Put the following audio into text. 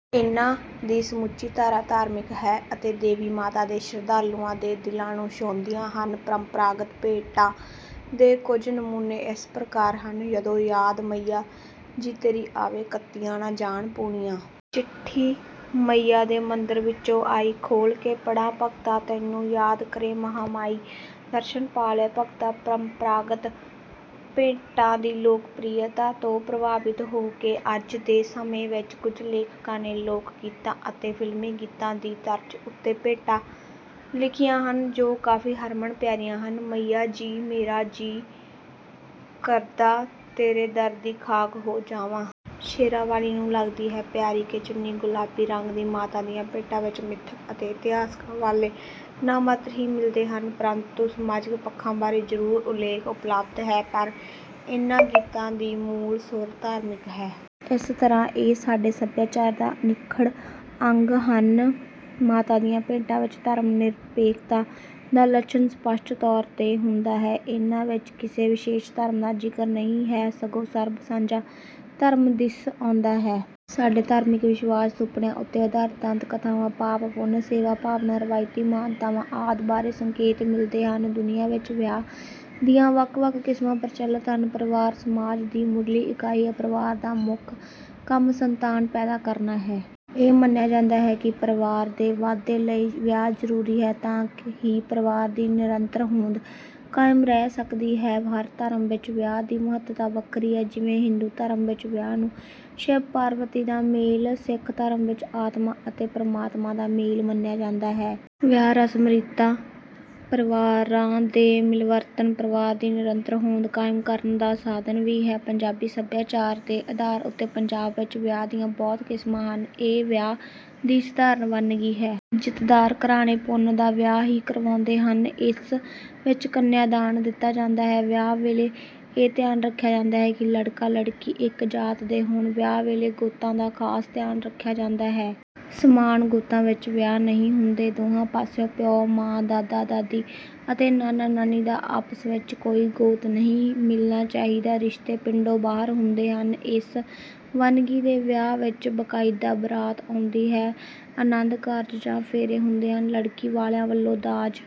ਇਹਨਾਂ ਦੀ ਸਮੁੱਚੀ ਧਾਰਾ ਧਾਰਮਿਕ ਹੈ ਅਤੇ ਦੇਵੀ ਮਾਤਾ ਦੇ ਸ਼ਰਧਾਲੂਆਂ ਦੇ ਦਿਲਾਂ ਨੂੰ ਛੂਹਦੀਆਂ ਹਨ। ਪਰੰਪਰਾਗਤ ਭੇਟਾਂ ਦੇ ਕੁਝ ਨਮੂਨੇ ਇਸ ਪ੍ਰਕਾਰ ਹਨ: "ਜਦੋਂ ਯਾਦ ਮਈਆ ਜੀ ਤੇਰੀ ਆਵੇ, ਕੱਤੀਆਂ ਨਾ ਜਾਣ ਪੂਣੀਆਂ। ਚਿੱਠੀ ਮਈਆ ਦੇ ਮੰਦਰ ਵਿੱਚੋਂ ਆਈ, ਖੋਲ੍ਹ ਕੇ ਪੜ੍ਹਾਂ ਭਗਤਾ ਤੈਨੂੰ। ਯਾਦ ਕਰੇ ਮਹਾਂ ਮਾਈ, ਦਰਸ਼ਨ ਪਾ ਲੈ ਭਗਤਾ"।ਪਰੰਪਰਾਗਤ ਭੇਟਾਂ ਦੀ ਲੋਕਪ੍ਰਿਯਤਾ ਤੋਂ ਪ੍ਰਭਾਵਿਤ ਹੋ ਕੇ ਅੱਜ ਦੇ ਸਮੇਂ ਵਿੱਚ ਕੁਝ ਲੇਖਕਾਂ ਨੇ ਲੋਕ ਗੀਤਾਂ ਅਤੇ ਫ਼ਿਲਮੀ ਗੀਤਾਂ ਦੀ ਤਰਜ਼ ਉੱਤੇ ਭੇਟਾਂ ਲਿਖੀਆਂ ਹਨ, ਜੋ ਕਾਫ਼ੀ ਹਰਮਨ ਪਿਆਰੀਆਂ ਹਨ: "ਮਈਆ ਜੀ ਮੇਰਾ ਜੀ ਕਰਦਾ, ਤੇਰੇ ਦਰ ਦੀ ਖਾਕ ਹੋ ਜਾਵਾਂ"। "ਸ਼ੇਰਾਂ ਵਾਲ਼ੀ ਨੂੰ ਲੱਗਦੀ ਹੈ ਪਿਆਰੀ, ਕਿ ਚੁੰਨੀ ਗੁਲਾਬੀ ਰੰਗ ਦੀ"। ਮਾਤਾ ਦੀਆਂ ਭੇਟਾਂ ਵਿੱਚ ਮਿਥਕ ਅਤੇ ਇਤਿਹਾਸਕ ਹਵਾਲੇ ਨਾਮਾਤਰ ਹੀ ਮਿਲਦੇ ਹਨ। ਪਰੰਤੂ ਸਮਾਜਿਕ ਪੱਖਾਂ ਬਾਰੇ ਜ਼ਰੂਰ ਉੱਲੇਖ ਉਪਲਬਧ ਹੈ। ਪਰ ਇਹਨਾਂ ਗੀਤਾਂ ਦੀ ਮੂਲ ਸੁਰ ਧਾਰਮਿਕ ਹੈ। ਇਸ ਤਰ੍ਹਾਂ ਇਹ ਸਾਡੇ ਸਭਿਆਚਾਰ ਦਾ ਅਨਿੱਖੜ ਅੰਗ ਹਨ। ਮਾਤਾ ਦੀਆਂ ਭੇਟਾਂ ਵਿੱਚ ਧਰਮ-ਨਿਰਪੇਖਤਾ ਦਾ ਲੱਛਣ ਸਪੱਸ਼ਟ ਤੌਰ 'ਤੇ ਹੁੰਦਾ ਹੈ। ਇਹਨਾਂ ਵਿੱਚ ਕਿਸੇ ਵਿਸ਼ੇਸ਼ ਧਰਮ ਦਾ ਜ਼ਿਕਰ ਨਹੀਂ ਹੈ। ਸਗੋਂ ਸਰਬ ਸਾਂਝਾ ਧਰਮ ਦਿਸ ਆਉਂਦਾ ਹੈ। ਸਾਡੇ ਧਾਰਮਿਕ ਵਿਸ਼ਵਾਸ, ਸੁਪਨਿਆਂ ਉੱਤੇ ਆਧਾਰਿਤ ਦੰਤ ਕਥਾਵਾਂ, ਪਾਪ-ਪੁੰਨ, ਸੇਵਾ ਭਾਵਨਾ, ਰਵਾਇਤੀ ਮਾਨਤਾਵਾਂ ਆਦਿ ਬਾਰੇ ਸੰਕੇਤ ਮਿਲਦੇ ਹਨ। ਦੁਨੀਆਂ ਵਿੱਚ ਵਿਆਹ ਦੀਆਂ ਵੱਖ-ਵੱਖ ਕਿਸਮਾਂ ਪ੍ਰਚਲਤ ਹਨ। ਪਰਿਵਾਰ ਸਮਾਜ ਦੀ ਮੁੱਢਲੀ ਇਕਾਈ ਹੈ। ਪਰਿਵਾਰ ਦਾ ਮੁੱਖ ਕੰਮ ਸੰਤਾਨ ਪੈਦਾ ਕਰਨਾ ਹੈ। ਇਹ ਮੰਨਿਆ ਜਾਂਦਾ ਹੈ ਕਿ ਪਰਿਵਾਰ ਦੇ ਵਾਧੇ ਲਈ ਵਿਆਹ ਜ਼ਰੂਰੀ ਹੈ, ਤਾਂ ਹੀ ਪਰਿਵਾਰ ਦੀ ਨਿਰੰਤਰ ਹੋਂਦ ਕਾਇਮ ਰਹਿ ਸਕਦੀ ਹੈ। ਹਰ ਧਰਮ ਵਿੱਚ ਵਿਆਹ ਦੀ ਮਹੱਤਤਾ ਵੱਖਰੀ ਹੈ। ਜਿਵੇਂ ਹਿੰਦੂ ਧਰਮ ਵਿੱਚ ਵਿਆਹ ਨੂੰ ਸ਼ਿਵ-ਪਾਰਬਤੀ ਦਾ ਮੇਲ, ਸਿੱਖ ਧਰਮ ਵਿੱਚ ਆਤਮਾ ਅਤੇ ਪਰਮਾਤਮਾ ਦਾ ਮੇਲ ਮੰਨਿਆ ਜਾਂਦਾ ਹੈ। ਵਿਆਹ ਰਸਮਾਂ-ਰੀਤਾਂ, ਪਰਿਵਾਰਾਂ ਦੇ ਮਿਲਵਰਤਨ, ਪਰਿਵਾਰ ਦੀ ਨਿਰੰਤਰ ਹੋਂਦ ਕਾਇਮ ਕਰਨ ਦਾ ਸਾਧਨ ਵੀ ਹੈ। ਪੰਜਾਬੀ ਸਭਿਆਚਾਰ ਦੇ ਆਧਾਰ ਉੱਤੇ ਪੰਜਾਬ ਵਿੱਚ ਵਿਆਹ ਦੀਆਂ ਬਹੁਤ ਕਿਸਮਾਂ ਹਨ। ਇਹ ਵਿਆਹ ਦੀ ਸਾਧਾਰਨ ਵੰਨਗੀ ਹੈ। ਇੱਜ਼ਤਦਾਰ ਘਰਾਣੇ ਪੁੰਨ ਦਾ ਵਿਆਹ ਹੀ ਕਰਵਾਉਂਦੇ ਹਨ। ਇਸ ਵਿੱਚ ਕੰਨਿਆ ਦਾਨ ਦਿੱਤਾ ਜਾਂਦਾ ਹੈ। ਵਿਆਹ ਵੇਲੇ ਇਹ ਧਿਆਨ ਰੱਖਿਆ ਜਾਂਦਾ ਹੈ ਕਿ ਲੜਕਾ-ਲੜਕੀ ਇੱਕ ਜਾਤ ਦੇ ਹੋਣ। ਵਿਆਹ ਵੇਲੇ ਗੋਤਾਂ ਦਾ ਖਾਸ ਧਿਆਨ ਰੱਖਿਆ ਜਾਂਦਾ ਹੈ। ਸਮਾਨ ਗੋਤਾਂ ਵਿੱਚ ਵਿਆਹ ਨਹੀਂ ਹੁੰਦੇ। ਦੋਹਾਂ ਪਾਸਿਓਂ ਪਿਓ, ਮਾਂ, ਦਾਦਾ, ਦਾਦੀ ਅਤੇ ਨਾਨਾ, ਨਾਨੀ ਦਾ ਆਪਸ ਵਿੱਚ ਕੋਈ ਗੋਤ ਨਹੀਂ ਮਿਲਣਾ ਚਾਹੀਦਾ। ਰਿਸ਼ਤੇ ਪਿੰਡੋਂ ਬਾਹਰ ਹੁੰਦੇ ਹਨ। ਇਸ ਵੰਨਗੀ ਦੇ ਵਿਆਹ ਵਿੱਚ ਬਕਾਇਦਾ ਬਰਾਤ ਆਉਂਦੀ ਹੈ, ਅਨੰਦ ਕਾਰਜ ਜਾਂ ਫੇਰੇ ਹੁੰਦੇ ਹਨ। ਲੜਕੀ ਵਾਲਿਆਂ ਵੱਲੋਂ ਦਾਜ